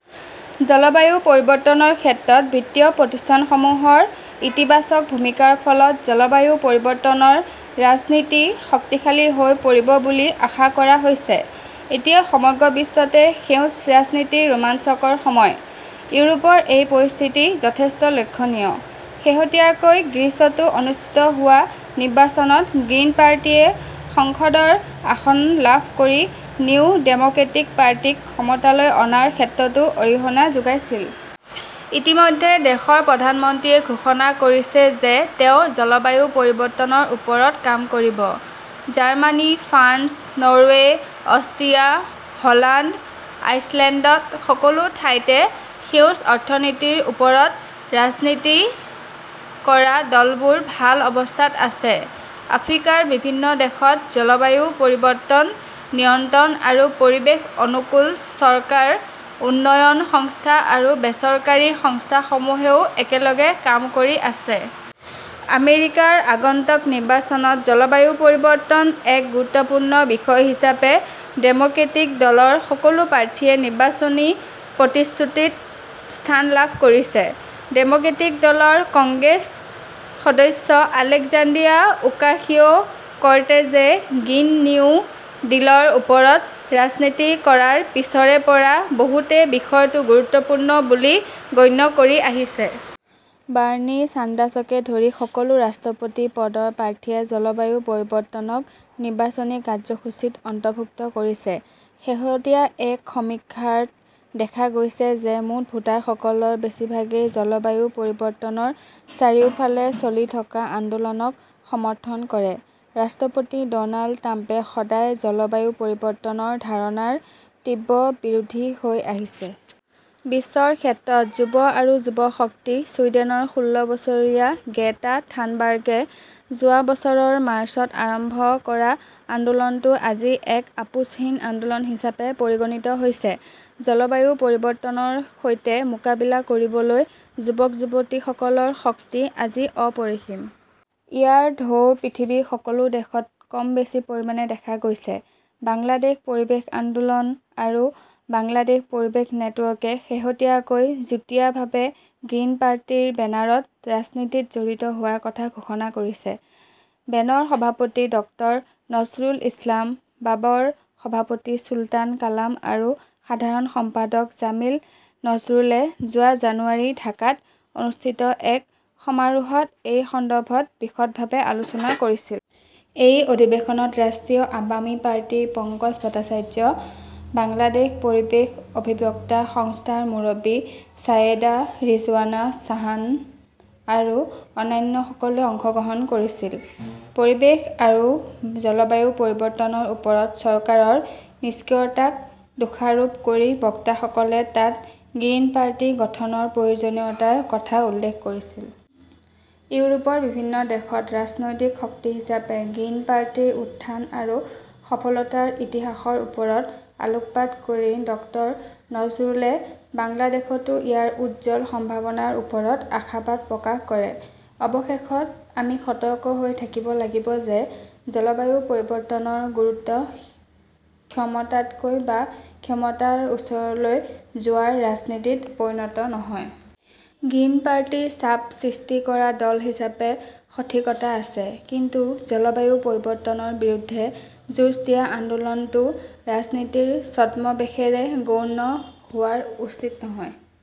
জলবায়ু পৰিৱৰ্তনৰ ক্ষেত্ৰত বিত্তীয় প্ৰতিষ্ঠানসমূহৰ ইতিবাচক ভূমিকাৰ ফলত জলবায়ু পৰিৱৰ্তনৰ ৰাজনীতি শক্তিশালী হৈ পৰিব বুলি আশা কৰা হৈছে। এতিয়া সমগ্ৰ বিশ্বতে 'সেউজ 'ৰাজনীতিৰ ৰোমাঞ্চকৰ সময়। ইউৰোপত এই পৰিস্থিতি যথেষ্ট লক্ষণীয়। শেহতীয়াকৈ গ্ৰীচতো অনুষ্ঠিত হোৱা নিৰ্বাচনত গ্ৰীণ পাৰ্টিয়ে সংসদত আসন লাভ কৰি নিউ ডেম'ক্ৰেটিক পাৰ্টিক ক্ষমতালৈ অনাৰ ক্ষেত্ৰতো অৰিহণা যোগাইছিল। ইতিমধ্যে দেশৰ প্ৰধানমন্ত্ৰীয়ে ঘোষণা কৰিছে যে তেওঁ জলবায়ু পৰিৱৰ্তনৰ ওপৰত কাম কৰিব। Germany, France, Norway, Austria, Holland, আইচলেণ্ডত সকলো ঠাইতে সেউজ অৰ্থনীতিৰ ওপৰত ৰাজনীতি কৰা দলবোৰ ভাল অৱস্থাত আছে। আফ্ৰিকাৰ বিভিন্ন দেশত জলবায়ু পৰিৱৰ্তন নিয়ন্ত্ৰণ আৰু পৰিৱেশ অনুকূল চৰকাৰ, উন্নয়ন সংস্থা আৰু বেচৰকাৰী সংস্থাসমূহেও একেলগে কাম কৰি আছে। আমেৰিকাৰ আগন্তুক নিৰ্বাচনত জলবায়ু পৰিৱৰ্তন এক গুৰুত্বপূৰ্ণ বিষয় হিচাপে ডেম'ক্ৰেটিক দলৰ সকলো প্ৰাৰ্থীয়ে নিৰ্বাচনী প্ৰতিশ্ৰুতিত স্থান লাভ কৰিছে। ডেম'ক্ৰেটিক দলৰ কংগ্ৰেছ সদস্য আলেকজান্দ্ৰিয়া ওকাসিঅ"-কৰ্টেজে 'গ্ৰীণ নিউ ডিল 'ৰ ওপৰত ৰাজনীতি কৰাৰ পিছৰে পৰা বহুতে বিষয়টো গুৰুত্বপূৰ্ণ বুলি গণ্য কৰি আহিছে। বাৰ্নী ছেণ্ডাৰ্ছকে ধৰি সকলো ৰাষ্ট্ৰপতি পদৰ প্ৰাৰ্থীয়ে জলবায়ু পৰিৱৰ্তনক নিৰ্বাচনী কাৰ্যসূচীত অন্তৰ্ভুক্ত কৰিছে। শেহতীয়া এক সমীক্ষাত দেখা গৈছে যে মুঠ ভোটাৰসকলৰ বেছিভাগেই জলবায়ু পৰিৱৰ্তনৰ চাৰিওফালে চলি থকা আন্দোলনক সমৰ্থন কৰে। ৰাষ্ট্ৰপতি ড 'নাল্ড ট্ৰাম্পে সদায় জলবায়ু পৰিৱৰ্তনৰ ধাৰণাৰ তীব্ৰ বিৰোধী হৈ আহিছে। বিশ্বৰ ক্ষেত্ৰত যুৱ আৰু যুৱ শক্তি ছুইডেনৰ ষোল্ল বছৰীয়া গ্ৰেটা থানবাৰ্গে যোৱা বছৰৰ মাৰ্চত আৰম্ভ কৰা আন্দোলনটো আজি এক আপোচহীন আন্দোলন হিচাপে পৰিগণিত হৈছে। জলবায়ু পৰিৱৰ্তনৰ সৈতে মোকাবিলা কৰিবলৈ যুৱক-যুৱতীসকলৰ শক্তি আজি অপৰিসীম। ইয়াৰ ঢৌ পৃথিৱীৰ সকলো দেশত কম বেছি পৰিমাণে দেখা গৈছে। বাংলাদেশ পৰিৱেশ আন্দোলন আৰু বাংলাদেশ পৰিৱেশ নেটৱৰ্কে শেহতীয়াকৈ যুটীয়াভাৱে গ্ৰীণ পাৰ্টিৰ বেনাৰত ৰাজনীতিত জড়িত হোৱাৰ কথা ঘোষণা কৰিছে। বেনৰ সভাপতি ডক্টৰ নজৰুল ইছলাম, বাবাৰ সভাপতি চুলতান কামাল আৰু সাধাৰণ সম্পাদক জামিল নজৰুলে যোৱা জানুৱাৰীত ঢাকাত অনুষ্ঠিত এক সমাৰোহত এই সন্দৰ্ভত বিশদভাৱে আলোচনা কৰিছিল। এই অধিৱেশনত ৰাষ্ট্ৰীয় আৱামী পাৰ্টিৰ পঙ্কজ ভট্টাচাৰ্য, বাংলাদেশ পৰিৱেশ অধিবক্তা সংস্থাৰ মুৰব্বী ছায়েদা ৰিজৱানা হাছান আৰু অন্যান্যসকলে অংশগ্ৰহণ কৰিছিল। পৰিৱেশ আৰু জলবায়ু পৰিৱৰ্তনৰ ওপৰত চৰকাৰৰ নিষ্ক্ৰিয়তাক দোষাৰোপ কৰি বক্তাসকলে তাত গ্ৰীণ পাৰ্টি গঠনৰ প্ৰয়োজনীয়তাৰ কথা উল্লেখ কৰিছিল। ইউৰোপৰ বিভিন্ন দেশত ৰাজনৈতিক শক্তি হিচাপে গ্ৰীণ পাৰ্টিৰ উত্থান আৰু সফলতাৰ ইতিহাসৰ ওপৰত আলোকপাত কৰি ডক্টৰ নজৰুলে বাংলাদেশতো ইয়াৰ উজ্জ্বল সম্ভাৱনাৰ ওপৰত আশাবাদ প্ৰকাশ কৰে। অৱশেষত, আমি সতৰ্ক হৈ থাকিব লাগিব যে জলবায়ু পৰিৱৰ্তনৰ গুৰুত্ব ক্ষমতালৈ বা ক্ষমতাৰ ওচৰলৈ যোৱাৰ ৰাজনীতিত পৰিণত নহয়। গ্ৰীণ পাৰ্টিৰ চাপ সৃষ্টি কৰা দল হিচাপে সঠিকতা আছে। কিন্তু জলবায়ু পৰিৱৰ্তনৰ বিৰুদ্ধে যুঁজ দিয়া আন্দোলনটো ৰাজনীতিৰ ছদ্মবেশেৰে গৌণ হোৱা উচিত নহয়।